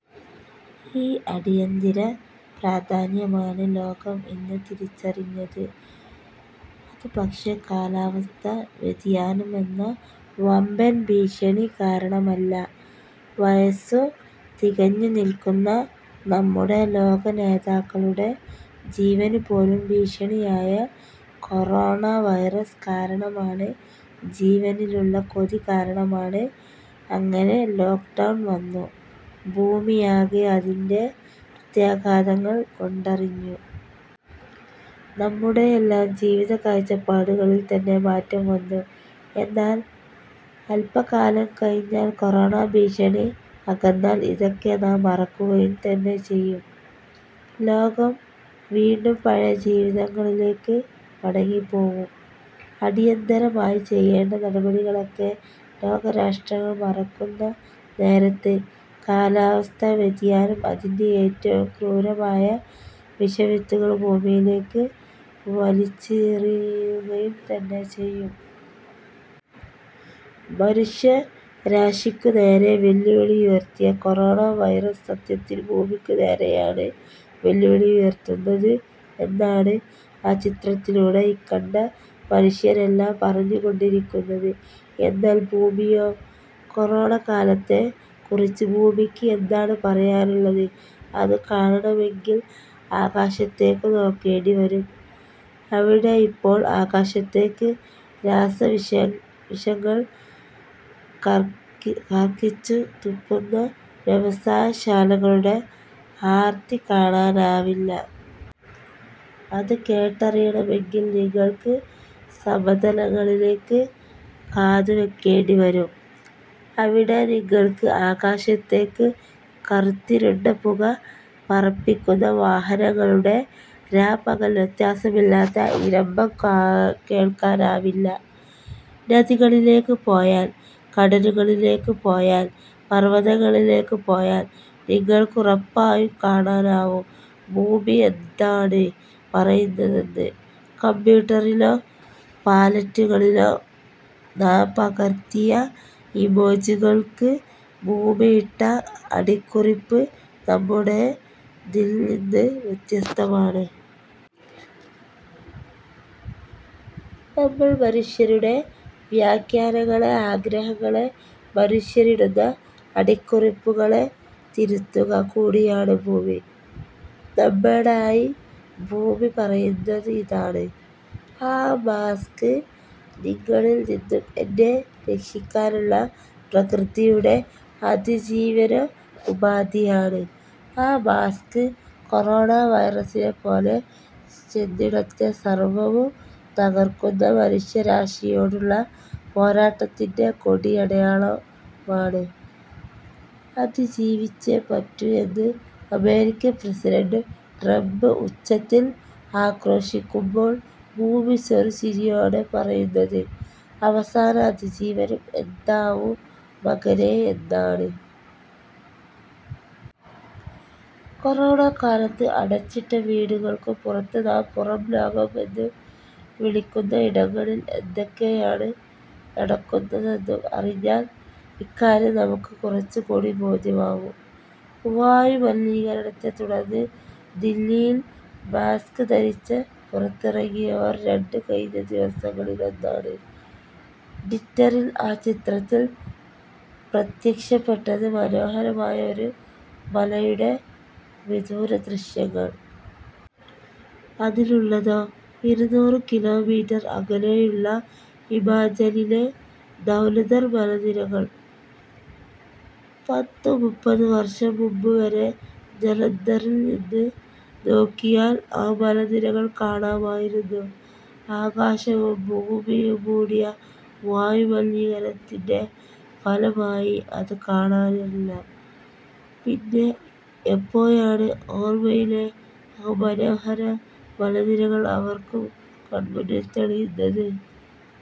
ഈ അടിയന്തിര പ്രാധാന്യമാണ് ലോകം ഇന്ന് തിരിച്ചറിഞ്ഞത്. അതു പക്ഷേ, കാലാവസ്ഥാ വ്യതിയാനം എന്ന വമ്പൻ ഭീഷണി കാരണമല്ല. വയസ്സു തികഞ്ഞു നില്‍ക്കുന്ന നമ്മുടെ ലോകനേതാക്കളുടെ ജീവനുപോലും ഭീഷണിയായ കൊറോണ വൈറസ് കാരണമാണ്. ജീവനിലുള്ള കൊതി കാരണമാണ്. അങ്ങനെ ലോക്ക്ഡൗൺ വന്നു. ഭൂമിയാകെ അതിന്‍റെ പ്രത്യാഘാതങ്ങള്‍ കൊണ്ടറിഞ്ഞു. നമ്മുടെയല്ലാം ജീവത കാഴ്ചപ്പാടുകളില്‍ തന്നെ മാറ്റം വന്നു. എന്നാല്‍, അല്പകാലം കഴിഞ്ഞാല്‍, കൊറോണ ഭീഷണി അകന്നാല്‍, ഇതൊക്കെ നാം മറക്കുകയും തന്നെ ചെയ്യും. ലോകം വീണ്ടും പഴയ ജീവിതങ്ങളിലേക്ക് മടങ്ങിപ്പോവും. അടിയന്തരമായി ചെയ്യേണ്ട നടപടികളൊക്കെ ലോകരാഷ്ട്രങ്ങൾ മറക്കുന്ന നേരത്ത്, കാലാവസ്ഥാ വ്യതിയാനം, അതിന്‍റെ ഏറ്റവും ക്രൂരമായ വിഷവിത്തുകള്‍ ഭൂമിയിലേക്ക് വലിച്ചെറിയുകയും തന്നെ ചെയ്യും. മനുഷ്യരാശിക്കു നേരെ വെല്ലുവിളി ഉയര്‍ത്തിയ കൊറോണ വൈറസ് സത്യത്തില്‍ ഭൂമിക്കു നേരെയാണ് വെല്ലുവിളി ഉയര്‍ത്തുന്നത് എന്നാണ്, ആ ചിത്രത്തിലൂടെ ഇക്കണ്ട മനുഷ്യരെല്ലാം പറഞ്ഞു കൊണ്ടിരിക്കുന്നത്. എന്നാല്‍ ഭൂമിയോ? കൊറോണക്കാലത്തെക്കുറിച്ച് ഭൂമിക്ക് എന്താണ് പറയാനുള്ളത്? അതു കാണണമെങ്കില്, ആകാശത്തേക്കു നോക്കേണ്ടി വരും. അവിടെയിപ്പോൾ ആകാശത്തേക്ക് രാസവിഷങ്ങൾ കാർക്കി കാര്‍ക്കിച്ചു തുപ്പുന്ന വ്യവസായ ശാലകളുടെ ആര്‍ത്തി കാണാനാവില്ല. അത് കേട്ടറിയണമെങ്കില്‍, നിങ്ങള്‍ക്ക് സമതലങ്ങളിലേക്ക് കാതുവെക്കേണ്ടി വരും. അവിടെ നിങ്ങള്‍ക്ക്, ആകാശത്തേക്ക് കറുത്തിരുണ്ട പുക പറപ്പിക്കുന്ന വാഹനങ്ങളുടെ, രാപ്പകല്‍ വ്യത്യാസമില്ലാത്ത ഇരമ്പം കേള്‍ക്കാനാവില്ല. നദികളിലേക്ക് പോയാല്‍, കടലുകളിലേക്ക് പോയാല്‍, പര്‍വതങ്ങളിലേക്കു പോയാല്‍ നിങ്ങൾക്കുറപ്പായും കാണാനാവും, ഭൂമി എന്താണ് പറയുന്നതെന്ന്. കമ്പ്യൂട്ടറിലോ പാലറ്റുകളിലോ നാം പകർത്തിയ ഇമേജുകള്‍ക്ക് ഭൂമിയിട്ട അടിക്കുറിപ്പ് നമ്മുടേതില്നിന്ന് വ്യത്യസ്തമാണ്. നമ്മള്‍ മനുഷ്യരുടെ വ്യാഖ്യാനങ്ങളെ, ആഗ്രഹങ്ങളെ, മനുഷ്യരിടുന്ന അടിക്കുറിപ്പുകളെ തിരുത്തുക കൂടിയാണ് ഭൂമി. നമ്മോടായി ഭൂമി പറയുന്നത് ഇതാണ്: ' ആ മാസ്ക് നിങ്ങളില്നിന്നും എന്നെ രക്ഷിക്കാനുള്ള പ്രകൃതിയുടെ അതിജീവന ഉപാധിയാണ്. ആ മാസ്ക്, കൊറോണ വൈറസിനെപ്പോലെ ചെന്നിടത്തെ സര്‍വ്വവും തകര്‍ക്കുന്ന മനുഷ്യരാശിയോടുള്ള പോരാട്ടത്തിന്‍റെ കൊടിയടയാളമാണ്. ' അതിജീവിച്ചേ പറ്റൂ എന്ന് അമേരിക്കന്‍ പ്രസിഡന്‍റ് ട്രംപ് ഉച്ചത്തില്‍ ആക്രോശിക്കുമ്പോള്‍, ഭൂമി ചെറു ചിരിയോടെ പറയുന്നത്, അവസാന അതിജീവനം എന്താവും മകനേ എന്നാണ്. കൊറോണക്കാലത്ത് അടച്ചിട്ട വീടുകള്‍ക്കു പുറത്ത്, നാം പുറം ലോകം എന്നു വിളിക്കുന്ന ഇടങ്ങളില്‍ എന്തൊക്കെയാണ് നടക്കുന്നതെന്ന് അറിഞ്ഞാല്‍, ഇക്കാര്യം നമുക്ക് കുറച്ചു കൂടി ബോധ്യമാവും. വായുമലിനീകരണത്തെത്തുടർന്നു ദില്ലിയിൽ മാസ്ക് ധരിച്ച് പുറത്തിറങ്ങിയവര്‍ രണ്ട് കഴിഞ്ഞ ദിവസങ്ങളിലൊന്നാണ്, ട്വിറ്ററിൽ ആ ചിത്രത്തിൽ പ്രത്യക്ഷപ്പെട്ടത്. മനോഹരമായ ഒരു മലയുടെ വിദൂരദൃശ്യങ്ങൾ. അതിലുള്ളതോ ഇരുനൂറ് കിലോ മീറ്റര്‍ അകലെയുള്ള ഹിമാചലിലെ ധൗലധർ മലനിരകൾ. പത്തു മുപ്പതു വര്‍ഷം മുമ്പുവരെ ജലന്ധറില്നിന്നും നോക്കിയാല്‍ ആ മലനിരകൾ കാണാമായിരുന്നു. ആകാശവും ഭൂമിയും മൂടിയ വായുമലിനീകരണത്തിന്റെ ഫലമായി അത് കാണാറില്ല. പിന്നെ എപ്പോഴാണ്, ഓര്‍മ്മയിലെ ആ മനോഹര മലനിരകൾ അവര്‍ക്കു കണ്‍മുന്നില്‍ തെളിയുന്നത്.